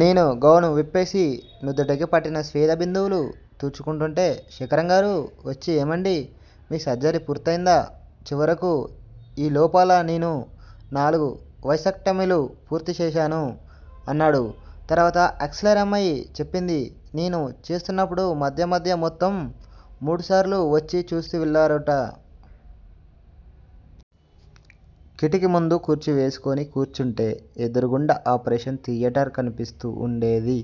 నేను గౌను విప్పేసి, నుదిటికి పట్టిన స్వేద బిందువులు తుడుచుకుంటూంటే శేఖరం గారు వచ్చి ఏమండీ! మీ సర్జరీ పూర్తయిందా చివరకు? ఈ లోపల నేను నాలుగు వేసక్టమీలు పూర్తిచేశాను అన్నాడు. తర్వాత ఆక్సీలరీ అమ్మాయి చెప్పింది. నేను చేస్తున్నప్పుడు మధ్య మధ్య మొత్తం మూడుసార్లు వచ్చి చూసి వెళ్ళారుట. కిటికీ ముందు కుర్చీ వేసుకుని కూర్చుంటే ఎదురుగుండా ఆపరేషన్ థియేటర్ కనిపిస్తూ వుండేది.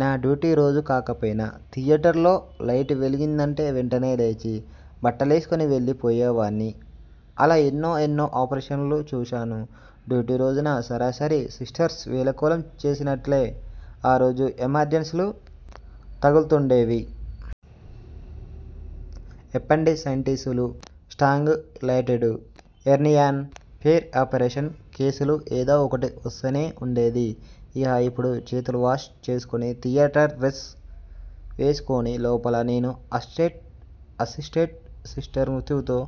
నా డ్యూటీ రోజు కాకపోయినా, థియేటర్ లో లైటు వెలిగిందంటే వెంటనే లేచి బట్టలేసుకుని వెళ్ళి పోయేవాణ్ని. అలా ఎన్నో ఎన్నో ఆపరేషన్ లు చూశాను. డ్యూటీ రోజున సరేసరి. సిస్టర్స్ వేళాకోళం చేసినట్లే ఆ రోజు ఎమర్జన్సీలు తగుల్తూండేవి. ఎపెండిసైటిస్ లు, స్ట్రాంగ్యులేటెడ్ హెర్నియాన్, పెర్ ఫరేషన్ కేసులు ఏదో ఒకటి వస్తూనే వుండేది. ఇహ ఇప్పుడు చేతులు వాష్ చేసుకుని, థియేటర్ డ్రెస్ వేసుకుని, లోపల నేనూ, అసిస్టెంట్ అసిస్టెంట్, సిస్టర్, మృత్యువుతో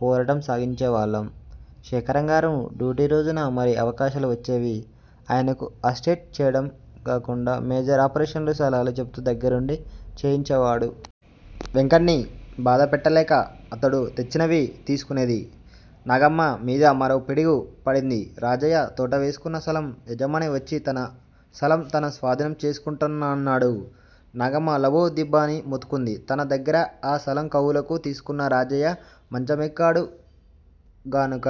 పోరాటం సాగించే వాళ్ళం. శేఖరం గారి డ్యూటీ రోజున మరీ అవకాశాలు వచ్చేవి. ఆయనకు అసిస్ట్ చేయడమే గాకుండా మేజర్ ఆపరేషన్లు, సలహాలు చెబుతూ దగ్గరుండి చేయించేవాడు. వెంకణ్ని బాధ పెట్టలేక అతడు తెచ్చినవి తీసుకునేది. నాగమ్మ మీద మరో పిడుగు పడింది. రాజయ్య తోట వేసుకున్న స్థలం యజమాని వచ్చి తన స్థలం తను స్వాధీనం చేసుకుంటానన్నాడు. నాగమ్మ లబోదిబ అని మొత్తుకుంది! తన దగ్గర ఆ స్థలం కవులుకు తీసుకున్న రాజయ్య మంచమెక్కాడు గనుక.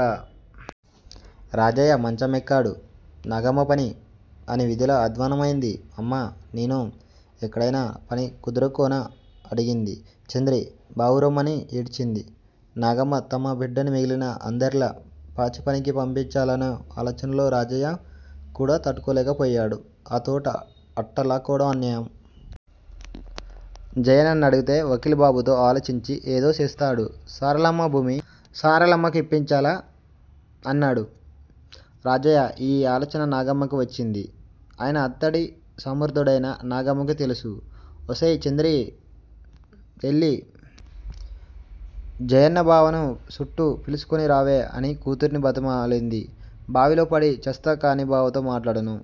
రాజయ్య మంచమెక్కాడు, నాగమ్మపని అన్ని విధాలా అధ్వాన్నమయింది! అమ్మా! నేను ఎక్కడయినా పని కుదురుకోనా? అడిగింది చంద్రి. బావురుమని ఏడ్చింది నాగమ్మ. తమ బిడ్డని మిగిలిన అందరిలా పాచి పనికి పంపించాలనే ఆలోచలో రాజయ్య కూడా తట్టుకోలేక పోయాడు. ఆ తోట అట్టా లాక్కోటం అన్యాయం. జయన్ననడిగితే వకీలు బాబుతో ఆలోచించి ఏదో సేస్తాడు. సరళమ్మ భూమి సరళమ్మకిప్పించలా? అన్నాడు రాజయ్య. ఈ ఆలోచన నాగమ్మకి వచ్చింది. ఆయన అంతడి సమర్ధు డుఅయిన నాగమ్మకీ తెలుసు. ఒసేయ్! చంద్రీ! యెల్లి జయన్న బావనో సుట్టు పిలుసుకు రావే! అని కూతుర్ని బ్రతిమాలింది. బావిలో పడి చస్తా కాని బావతో మాట్లాడను.